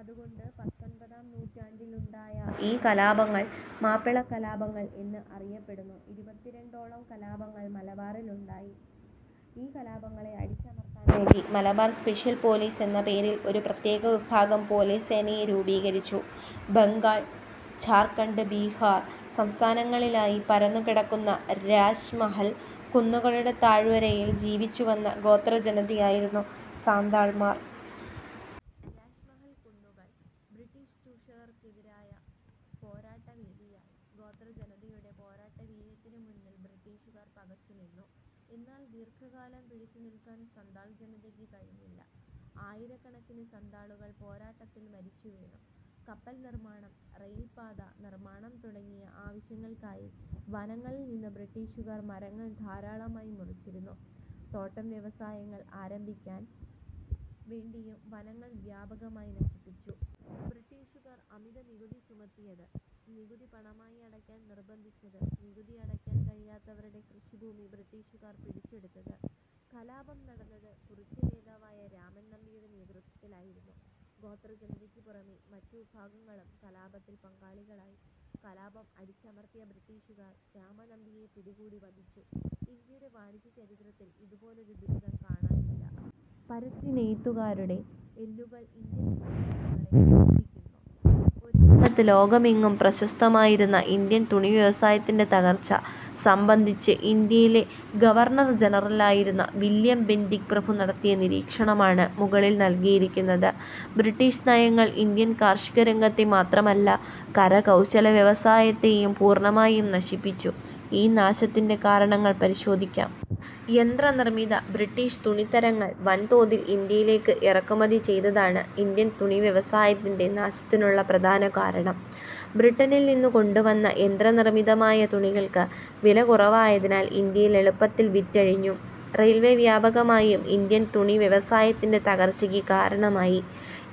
അതുകൊണ്ട് പത്തൊമ്പതാം നൂറ്റാണ്ടിലുണ്ടായ ഈ കലാപങ്ങൾ മാപ്പിളകലാപങ്ങൾ എന്ന് അറിയപ്പെടുന്നു. ഇരുപത്തിരണ്ടോളം കലാപങ്ങൾ മലബാറിലുണ്ടായി. ഈ കലാപങ്ങളെ അടിച്ചമർത്താൻ വേണ്ടി മലബാർ സ്പെഷ്യൽ പോലീസ് എന്ന പേരിൽ ഒരു പ്രത്യേക വിഭാഗം പോലീസ് സേനയെ രൂപീകരിച്ചു. ബംഗാൾ, ഝാർഖണ്ഡ്, ബിഹാർ സംസ്ഥാനങ്ങളിലായി പരന്നുകിടക്കുന്ന രാജ്മഹൽ കുന്നുകളുടെ താഴ്വരയിൽ ജീവിച്ചുവന്ന ഗോത്രജനതയായിരുന്നു സന്താൾമാർ. രാജ്മഹൽ കുന്നുകൾ ബ്രിട്ടീഷ് ചൂഷകർക്കെതിരായ പോരാട്ടവേദിയായി. ഗോത്രജനതയുടെ പോരാട്ടവീര്യത്തിനു മുന്നിൽ ബ്രിട്ടീഷുകാർ പകച്ചു നിന്നു. എന്നാൽ ദീർഘകാലം പിടിച്ചുനിൽക്കാൻ സന്താൾ ജനതയ്ക്ക് കഴിഞ്ഞില്ല. ആയിരക്കണക്കിന് സന്താളുകൾ പോരാട്ടത്തിൽ മരിച്ചുവീണു. കപ്പൽ നിർമാണം, റെയിൽപ്പാത നിർമാണം തുടങ്ങിയ ആവശ്യങ്ങൾക്കായി വനങ്ങളിൽനിന്ന് ബ്രിട്ടീഷുകാർ മരങ്ങൾ ധാരാളമായി മുറിച്ചിരുന്നു. തോട്ടം വ്യവസായങ്ങൾ ആരംഭിക്കാൻ വേണ്ടിയും വനങ്ങൾ വ്യാപകമായി നശിപ്പിച്ചു. ബ്രിട്ടീഷുകാർ അമിതനികുതി ചുമത്തിയത്. നികുതി പണമായി അടയ്ക്കാൻ നിർബന്ധിച്ചത്. നികുതി അടയ്ക്കാൻ കഴിയാത്തവരുടെ കൃഷിഭൂമി ബ്രിട്ടീഷുകാർ പിടിച്ചെടുത്തത്. കലാപം നടന്നത് കുറിച്യ നേതാവായ രാമൻ നമ്പിയുടെ നേതൃത്വത്തിലായിരുന്നു. ഗോത്രജനതയ്ക്ക് പുറമെ മറ്റു വിഭാഗങ്ങളും കലാപത്തിൽ പങ്കാളികളായി. കലാപം അടിച്ചമർത്തിയ ബ്രിട്ടീഷുകാർ രാമനമ്പിയെ പിടികൂടി വധിച്ചു. ഇന്ത്യയുടെ വാണിജ്യചരിത്രത്തിൽ ഇതുപോലൊരു ദുരിതം കാണാനില്ല. പരുത്തിനെയ്ത്തുകാരുടെ എല്ലുകൾ ഇന്ത്യൻ സമതലങ്ങളെ വെളുപ്പിക്കുന്നു. ഒരുകാലത്ത് ലോകമെങ്ങും പ്രശസ്തമായിരുന്ന ഇന്ത്യൻ തുണിവ്യവസായത്തിന്റെ തകർച്ച സംബന്ധിച്ച് ഇന്ത്യയിലെ ഗവർണർ ജനറലായിരുന്ന വില്യം ബെന്റിക് പ്രഭു നടത്തിയ നിരീക്ഷണമാണ് മുകളിൽ നൽകിയിരിക്കുന്നത്. ബ്രിട്ടീഷ് നയങ്ങൾ ഇന്ത്യൻ കാർഷികരംഗത്തെ മാത്രമല്ല, കരകൗശലവ്യവസായത്തെയും പൂർണമായും നശിപ്പിച്ചു. ഈ നാശത്തിന്റെ കാരണങ്ങൾ പരിശോധിക്കാം. യന്ത്രനിർമിത ബ്രിട്ടീഷ് തുണിത്തരങ്ങൾ വൻതോതിൽ ഇന്ത്യയിലേക്ക് ഇറക്കുമതി ചെയ്തതാണ് ഇന്ത്യൻ തുണിവ്യവസായത്തിന്റെ നാശത്തിനുള്ള പ്രധാന കാരണം. ബ്രിട്ടനിൽ നിന്നു കൊണ്ടുവന്ന യന്ത്രനിർമിതമായ തുണികൾക്ക് വില കുറവായതിനാൽ ഇന്ത്യയിൽ എളുപ്പത്തിൽ വിറ്റഴിഞ്ഞു. റെയിൽവേ വ്യാപകമായതും ഇന്ത്യൻ തുണി വ്യവസായത്തിന്റെ തകർച്ചയ്ക്ക് കാരണമായി.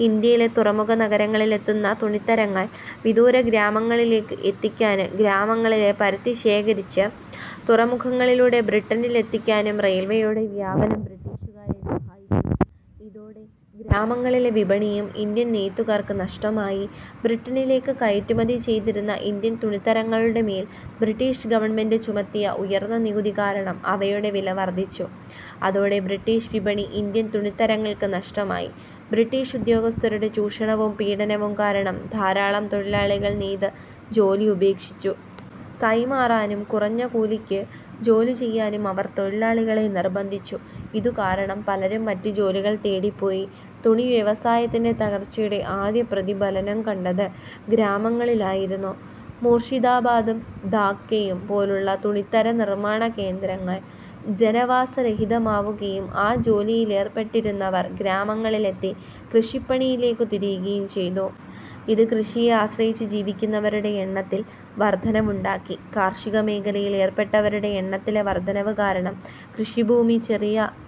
ഇന്ത്യയിലെ തുറമുഖ നഗരങ്ങളിലെത്തുന്ന തുണിത്തരങ്ങൾ വിദൂര ഗ്രാമങ്ങളിലേക്ക് എത്തിക്കാനും ഗ്രാമങ്ങളിലെ പരുത്തി ശേഖരിച്ച് തുറമുഖങ്ങളിലൂടെ ബ്രിട്ടനിലെത്തിക്കാനും റെയിൽവേയുടെ വ്യാപനം ബ്രിട്ടീഷുകാരെ സഹായിച്ചു. ഇതോടെ ഗ്രാമങ്ങളിലെ വിപണിയും ഇന്ത്യൻ നെയ്ത്തുകാർക്ക് നഷ്ടമായി. ബ്രിട്ടനിലേക്ക് കയറ്റുമതി ചെയ്തിരുന്ന ഇന്ത്യൻ തുണിത്തരങ്ങളുടെമേൽ ബ്രിട്ടീഷ് ഗവൺമെന്റ് ചുമത്തിയ ഉയർന്ന നികുതി കാരണം അവയുടെ വില വർധിച്ചു. അതോടെ ബ്രിട്ടീഷ് വിപണി ഇന്ത്യൻ തുണിത്തരങ്ങൾക്ക് നഷ്ടമായി. ബ്രിട്ടീഷ് ഉദ്യോഗസ്ഥരുടെ ചൂഷണവും പീഡനവും കാരണം ധാരാളം തൊഴിലാളികൾ നെയ്ത് ജോലി ഉപേക്ഷിച്ചു. കൈമാറാനും കുറഞ്ഞ കൂലിക്ക് ജോലിചെയ്യാനും അവർ തൊഴിലാളികളെ നിർബന്ധിച്ചു. ഇതു കാരണം പലരും മറ്റു ജോലികൾ തേടിപ്പോയി. തുണിവ്യവസായത്തിന്റെ തകർച്ചയുടെ ആദ്യ പ്രതിഫലനം കണ്ടത് ഗ്രാമങ്ങളിൽ ആയിരുന്നു. മൂർഷിദാബാദും ധാക്കയും പോലുള്ള തുണിത്തര നിർമാണ കേന്ദ്രങ്ങൾ ജനവാസരഹിതമാവുകയും ആ ജോലിയിലേർപ്പെട്ടിരുന്നവർ ഗ്രാമങ്ങളിലെത്തി കൃഷിപ്പണിയിലേക്കു തിരിയുകയും ചെയ്തു. ഇത് കൃഷിയെ ആശ്രയിച്ചു ജീവിക്കുന്നവരുടെ എണ്ണത്തിൽ വർധനവുണ്ടാക്കി. കാർഷിക മേഖലയിൽ ഏർപ്പെട്ടവരുടെ എണ്ണത്തിലെ വർധനവ് കാരണം കൃഷിഭൂമി ചെറിയ